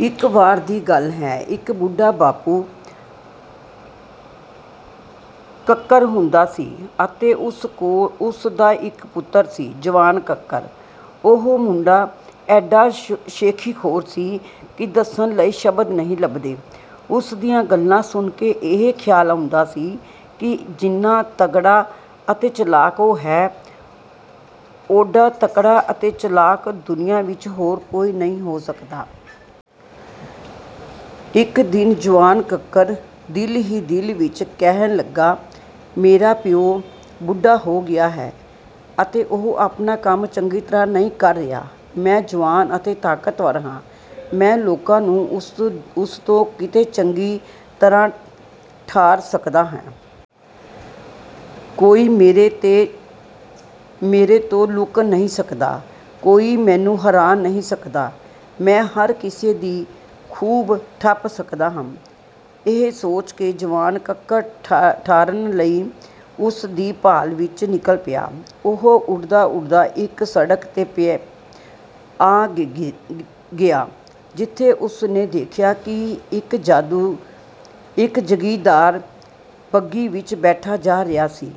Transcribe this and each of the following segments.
ਇੱਕ ਵਾਰ ਦੀ ਗੱਲ ਹੈ, ਇੱਕ ਬੁੱਢਾ ਬਾਪੂ ਕੱਕਰ ਹੁੰਦਾ ਸੀ ਅਤੇ ਉਸ ਦਾ ਇੱਕ ਪੁੱਤਰ ਸੀ ਜਵਾਨ ਕੱਕਰ। ਉਹ ਮੁੰਡਾ ਐਡਾ ਸ਼ੇਖ਼ੀਖ਼ੋਰ ਸੀ ਕਿ ਦੱਸਣ ਲਈ ਸ਼ਬਦ ਨਹੀਂ ਲੱਭਦੇ। ਉਸ ਦੀਆਂ ਗੱਲਾਂ ਸੁਣ ਕੇ ਇਹ ਖ਼ਿਆਲ ਆਉਂਦਾ ਸੀ ਕਿ ਜਿੰਨਾ ਤਕੜਾ ਅਤੇ ਚਲਾਕ ਉਹ ਹੈ, ਉੱਡਾ ਤਕੜਾ ਅਤੇ ਚਲਾਕ ਦੁਨੀਆ ਵਿੱਚ ਹੋਰ ਕੋਈ ਨਹੀਂ ਹੋ ਸਕਦਾ। ਇੱਕ ਦਿਨ ਜਵਾਨ ਕੱਕਰ ਦਿਲ ਹੀ ਦਿਲ ਵਿੱਚ ਕਹਿਣ ਲੱਗਾ, "ਮੇਰਾ ਪਿਓ ਬੁੱਢਾ ਹੋ ਗਿਆ ਹੈ ਅਤੇ ਉਹ ਆਪਣਾ ਕੰਮ ਚੰਗੀ ਤਰ੍ਹਾਂ ਨਹੀਂ ਕਰ ਰਿਹਾ। ਮੈਂ ਜਵਾਨ ਅਤੇ ਤਾਕਤਵਰ ਹਾਂ, ਮੈਂ ਲੋਕਾਂ ਨੂੰ ਉਸ ਤੋਂ ਕਿਤੇ ਚੰਗੀ ਤਰ੍ਹਾਂ ਠਾਰ ਸਕਦਾ ਹਾਂ। ਕੋਈ ਮੇਰੇ ਤੋਂ ਲੁਕ ਨਹੀਂ ਸਕਦਾ, ਕੋਈ ਮੈਨੂੰ ਹਰਾ ਨਹੀਂ ਸਕਦਾ, ਮੈਂ ਹਰ ਕਿਸੇ ਦੀ ਖੁਬ ਠੱਪ ਸਕਦਾ ਹਾਂ!" ਇਹ ਸੋਚ ਕੇ ਜਵਾਨ ਕੱਕਰ ਠਾਰਨ ਲਈ ਕਿਸੇ ਦੀ ਭਾਲ ਵਿੱਚ ਨਿਕਲ ਪਿਆ। ਉਹ ਉੱਡਦਾ-ਉੱਡਦਾ ਇੱਕ ਸੜਕ 'ਤੇ ਆ ਗਿਆ, ਜਿੱਥੇ ਉਸ ਨੇ ਦੇਖਿਆ ਕਿ ਇੱਕ ਜਾਗੀਰਦਾਰ ਬੱਘੀ ਵਿੱਚ ਬੈਠਾ ਜਾ ਰਿਹਾ ਸੀ।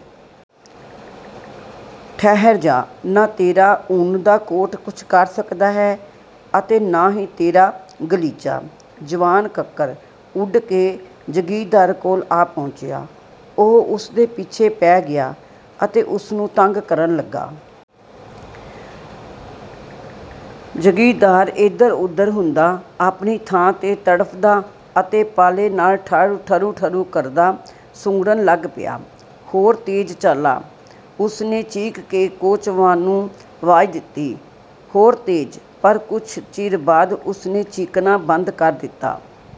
ਠਹਿਰ ਜਾ, ਨਾ ਤੇਰਾ ਊਣ ਦਾ ਕੋਟ ਕੁਝ ਕਰ ਸਕਣਾ ਹੈ ਅਤੇ ਨਾ ਹੀ ਤੇਰਾ ਗ਼ਲੀਚਾ।" ਜਵਾਨ ਕੱਕਰ ਉੱਡ ਕੇ ਜਗੀਰਦਾਰ ਕੋਲ ਆ ਪਹੁੰਚਿਆ। ਉਹ ਉਸ ਦੇ ਪਿੱਛੇ ਪੈ ਗਿਆ ਅਤੇ ਉਸ ਨੂੰ ਤੰਗ ਕਰਨ ਲੱਗਾ। ਜਗੀਰਦਾਰ ਇੱਧਰ-ਓਧਰ ਹੁੰਦਾ, ਆਪਣੀ ਥਾਂ 'ਤੇ ਤੜਫਦਾ ਅਤੇ ਪਾਲੇ ਨਾਲ ਠਰੂ-ਠਰੂ ਕਰਦਾ ਸੁੰਗੜਨ ਲੱਗ ਪਿਆ। "ਹੋਰ ਤੇਜ਼ ਚਲਾ!" ਉਸ ਨੇ ਚੀਕ ਕੇ ਕੋਚਵਾਨ ਨੂੰ ਆਵਾਜ਼ ਦਿੱਤੀ, "ਹੋਰ ਤੇਜ਼!" ਪਰ ਕੁਝ ਚਿਰ ਬਾਅਦ ਉਸ ਨੇ ਚੀਕਣਾ ਬੰਦ ਕਰ ਦਿੱਤਾ।